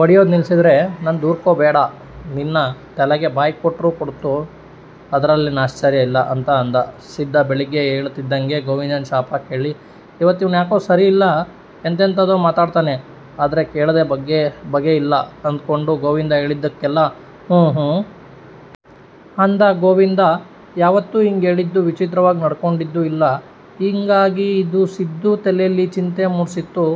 ಬಡಿಯೋದು ನಿಲ್ಲಿಸಿದರೆ, ನನ್ನ ದೂರ್ಕೊಬ್ಯಾಡ. ನಿನ್ನ ತಲೆಗೇ ಬಾಯಿ ಕೊಟ್ರು ಕೊಡ್ತು. ಅದರಲ್ಲೇನ್ ಆಶ್ಚರ್ಯ ಇಲ್ಲಾ' ಅಂತ ಅಂದ. ಸಿದ್ದ ಬೆಳಿಗ್ಗೆ ಏಳುತ್ತಿದ್ದಂಗೆ ಗೋವಿಂದನ ಶಾಪ ಕೇಳಿ ಇವತ್ತು ಇವನ್ಯಾಕೋ ಸರಿಯಿಲ್ಲ, ಎಂತೆಂತದೋ ಮಾತಾಡ್ತಾನೆ, ಅದರೆ ಕೇಳದೇ ಬಗೆ ಇಲ್ಲ ಅಂದುಕೊಂಡು ಗೋವಿಂದ ಹೇಳಿದ್ದಕ್ಕೆಲ್ಲಾ 'ಹುಂಹುಂ.. ' ಅಂದ. ಗೋವಿಂದ ಯಾವತ್ತೂ ಹಿಂಗೆ ಹೇಳಿದ್ದು, ವಿಚಿತ್ರವಾಗಿ ನಡ್ಕೊಂಡಿದ್ದು ಇಲ್ಲ. ಹಿಂಗಾಗಿ ಇದು ಸಿದ್ದ ತಲೇಲಿ ಚಿಂತೆ ಮೂಡ್ಸಿತ್ತು.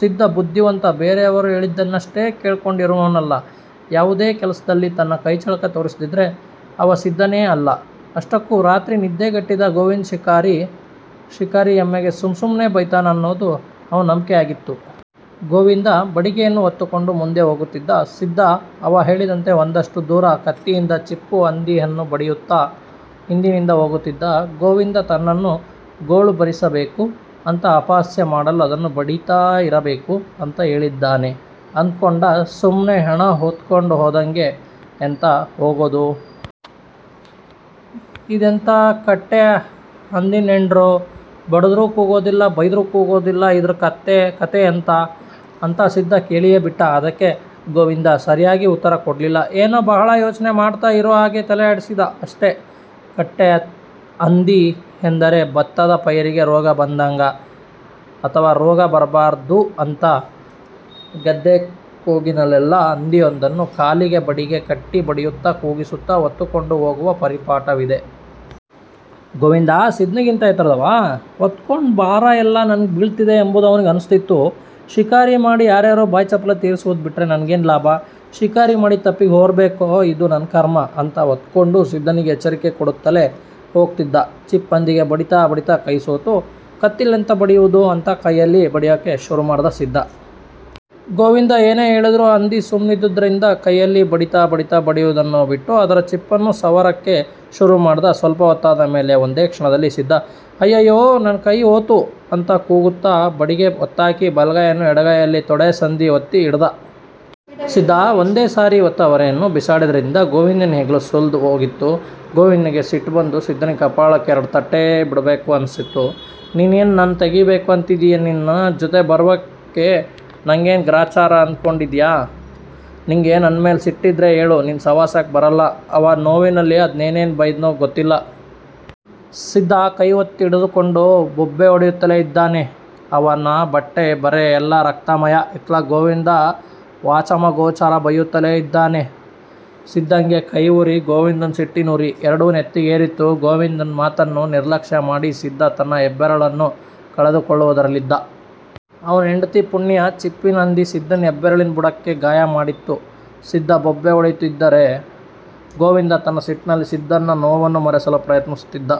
ಸಿದ್ದ ಬುದ್ಧಿವಂತ ಬೇರೆಯವರು ಹೇಳಿದ್ದನ್ನಷ್ಟೆ ಕೇಳ್ಕೊಂಡು ಇರುವವನಲ್ಲ. ಯಾವುದೇ ಕೆಲಸದಲ್ಲಿ ತನ್ನ ಕೈಚಳಕ ತೋರಿಸದಿದ್ದರೆ ಅವ ಸಿದ್ದನೇ ಅಲ್ಲ. ಅಷ್ಟಕ್ಕೂ ರಾತ್ರಿ ನಿದ್ದೆ ಗೆಟ್ಟಿದ್ದ ಗೋವಿಂದ ಶಿಕಾರಿ ಹೆಮ್ಮೆಗೆ ಸುಮ್ ಸುಮ್ಮನೆ ಬೈತನೇ ಅನ್ನೋದು ಅವನ ನಂಬಿಕೆಯಾಗಿತ್ತು. ಗೋವಿಂದ ಬಡಿಗೆಯನ್ನು ಹೊತ್ತುಕೊಂಡು ಮುಂದೆ ಹೋಗುತ್ತಿದ್ದ. ಸಿದ್ದ ಅವಹೇಳಿದಂತೆ ಒಂದಷ್ಟು ದೂರ ಕತ್ತಿಯಿಂದ ಚಿಪ್ಪುಹಂದಿಯನ್ನ ಬಡಿಯುತ್ತ ಹಿಂದಿನಿಂದ ಹೋಗುತ್ತಿದ್ದ. ಗೋವಿಂದ ತನ್ನನ್ನು ಗೋಳು ಬರಿಸಬೇಕು ಅಂಥ ಅಪಹಾಸ್ಯ ಮಾಡಲು ಅದನ್ನು ಬಡಿತಾ ಇರಬೇಕು ಅಂತ ಹೇಳಿದ್ದಾನೆ ಅದ್ಕೊಂಡ. 'ಸುಮ್ನೆ ಹೆಣ ಹೊತ್ಗೊಂಡು ಹೋದಂಗೆ ಎಂಥಾ ಹೋಗದು. ಇದೆಂಥಾ ಕಟ್ಟೆ ಹಂದಿನೇಂಡ್ರೋ, ಬಡಿದ್ರೂ ಕೂಗೋದಿಲ್ಲ, ಬೈದ್ರೂ ಕೂಗೋದಿಲ್ಲ, ಇದರ ಕತೆಯೆಂತಾ' ಅಂತ ಸಿದ್ದ ಕೇಳಿಯೇ ಬಿಟ್ಟ. ಅದಕ್ಕೆ ಗೋವಿಂದ ಸರಿಯಾಗಿ ಉತ್ತರ ಕೊಡ್ಲಿಲ್ಲ. ಏನೋ ಬಹಳ ಯೋಚ್ನೆ ಮಾಡ್ತಾ ಇರೋಹಾಗೆ ತಲೆಯಾಡಿಸಿದ ಅಷ್ಟೇ. ಕಟ್ಟೆ ಹಂದಿ ಎಂದರೆ ಬತ್ತದ ಪೈರಿಗೆ ರೋಗ ಬಂದಾಗ ಅಥವಾ ರೋಗ ಬರಬಾರದು ಅಂತ ಗದ್ದೆ ಕೊಗಿನಲ್ಲೆಲ್ಲ ಹಂದಿಯೊಂದನ್ನು ಕಾಲಿಗೆ ಬಡಿಗೆ ಕಟ್ಟಿ ಬಡಿಯುತ್ತ ಕೂಗಿಸುತ್ತ ಹೊತ್ತುಕೊಂಡು ಹೋಗುವ ಪರಿಪಾಠವಿದೆ. ಗೋವಿಂದ ಸಿದ್ದನಿಗಿಂತ ಎತ್ತರದವ. ಹೊತ್ತುಕೊಂಡ ಬಾರ ಎಲ್ಲಾ ನನಗೆ ಬಿಳುತ್ತಿದೆ ಎಂಬುದು ಅವನಿಗನ್ನಿಸುತ್ತಿತ್ತು. ಶಿಕಾರಿ ಮಾಡಿ ಯಾರ್ಯರೋ ಬಾಯಿ ಚಪಲ ತಿರಿಸುವುದು ಬಿಟ್ಟರೆ ನನಗೇನು ಲಾಭ? ಶಿಕಾರಿ ಮಾಡಿದ ತಪ್ಪಿಗೆ ಹೊರ್ಬೇಕು, ಇದು ನನ್ನ ಕರ್ಮ ಅಂತ ಹೊತ್ತುಕೊಂಡು, ಸಿದ್ದನಿಗೆ ಎಚ್ಚರಿಕೆ ಕೊಡುತ್ತಲೇ ಹೋಗ್ತಿದ್ದ. ಚಿಪ್ಪಂದಿಗೆ ಬಡಿತಾ ಬಡಿತಾ ಕೈ ಸೋತು, ಕತ್ತಿಲ್ಲೆಂತಾ ಬಡಿಯುವುದು ಅಂತ ಕೈಯಲ್ಲಿ ಬಡಿಯಕ್ಕೆ ಶುರು ಮಾಡ್ದ ಸಿದ್ದ. ಗೋವಿಂದ ಏನೇ ಹೇಳಿದ್ರೂ ಹಂದಿ ಸುಮ್ಮನಿದ್ದುದ್ದರಿಂದ ಕೈಯಲ್ಲಿ ಬಡಿತಾ ಬಡಿತಾ ಬಡಿಯುವುದನ್ನೂ ಬಿಟ್ಟು ಅದರ ಚಿಪ್ಪನ್ನು ಸವರಕ್ಕೆ ಶುರುಮಾಡ್ದ. ಸ್ವಲ್ಪ ಹೊತ್ತಾದ ಮೇಲೆ ಒಂದೇ ಕ್ಷಣದಲ್ಲಿ ಸಿದ್ದ 'ಅಯ್ಯಯ್ಯೊ ನನ್ನ ಕೈಯ್ ಹೋತು' ಅಂತ ಕೂಗುತ್ತಾ, ಬಡಿಗೆ ಹೊತ್ತಾಕಿ ಬಲಗೈಯನ್ನು ಎಡಗೈಯಲ್ಲಿ ತೊಡೆ ಸಂದಿ ಒತ್ತಿ ಹಿಡಿದ. ಸಿದ್ದ ಒಂದೇ ಸಾರಿ ಹೊತ್ತ ಹೊರೆಯನ್ನ ಬಿಸಾಡಿದ್ರಿಂದ ಗೋವಿಂದನ ಹೆಗಲು ಸುಲ್ದ್ ಹೋಗಿತ್ತು. ಗೋವಿಂದನಿಗೆ ಸಿಟ್ಟು ಬಂದು ಸಿದ್ದನಿಗೆ ಕಪಾಳಕ್ಕೆ ಎರಡು ತಟ್ಟೇ ಬಿಡಬೇಕು ಅನ್ನಿಸ್ತು. 'ನೀನೇನ್ ನನ್ನ ತೆಗೆಯಬೇಕು ಅಂತಿದ್ದಿಯಾನಿನ್ನ ಜೊತೆ ಬರೋಕೆ ನಂಗೇನು ಗ್ರಹಚಾರ ಅಂದ್ಕೊಂಡಿದ್ಯಾ. ನಿಂಗೆ ನನ್ನ ಮೇಲೆ ಸಿಟ್ಟಿದ್ರೆ ಹೇಳು ನಿನ್ನ ಸವಾಸಕ್ಕೆ ಬರಲ್ಲ' ಅವ ನೋವಿನಲ್ಲಿ ಅದೇನೇನ್ ಬೈದನೋ ಗೊತ್ತಿಲ್ಲ. ಸಿದ್ದ ಕೈ ಒತ್ತಿ ಹಿಡಿದುಕೊಂಡು ಬೊಬ್ಬೆಹೊಡೆಯುತ್ತಲೇ ಇದ್ದಾನೆ. ಅವನ ಬಟ್ಟೆ ಬರೆ ಎಲ್ಲ ರಕ್ತಮಯ. ಇತ್ಲಗೆ ಗೋವಿಂದ ವಾಚಮಗೋಚರ ಬೈಯುತ್ತಲೇ ಇದ್ದಾನೆ, ಸಿದ್ದಂಗೆ ಕೈ ಉರಿ, ಗೋವಿಂದನ ಸಿಟ್ಟಿನ ಉರಿ ಎರಡೂ ನೆತ್ತಿಗೆ ಏರಿತ್ತು. ಗೋವಿಂದನ ಮಾತನ್ನು ನಿರ್ಲಕ್ಷ್ಯ ಮಾಡಿ ಸಿದ್ದ ತನ್ನ ಹೆಬ್ಬೆರಳನ್ನ ಕಳೆದು ಕೊಳ್ಳುವುದರಲ್ಲಿದ್ದ. ಅವನ ಹೆಂಡತಿ ಪುಣ್ಯ, ಚಿಪ್ಪಿನ ಹಂದಿ ಸಿದ್ದನ ಹೆಬ್ಬೆರಳಿನ ಬುಡಕ್ಕೆ ಗಾಯ ಮಾಡಿತ್ತು. ಸಿದ್ದ ಬೊಬ್ಬೆ ಹೊಡಿಯುತ್ತಿದರೆ, ಗೋವಿಂದ ತನ್ನ ಸಿಟ್ಟಿನಲ್ಲಿ ಸಿದ್ದನ ನೋವನ್ನು ಮರೆಸಲು ಪ್ರಯತ್ನಿಸುತ್ತಿದ್ದ.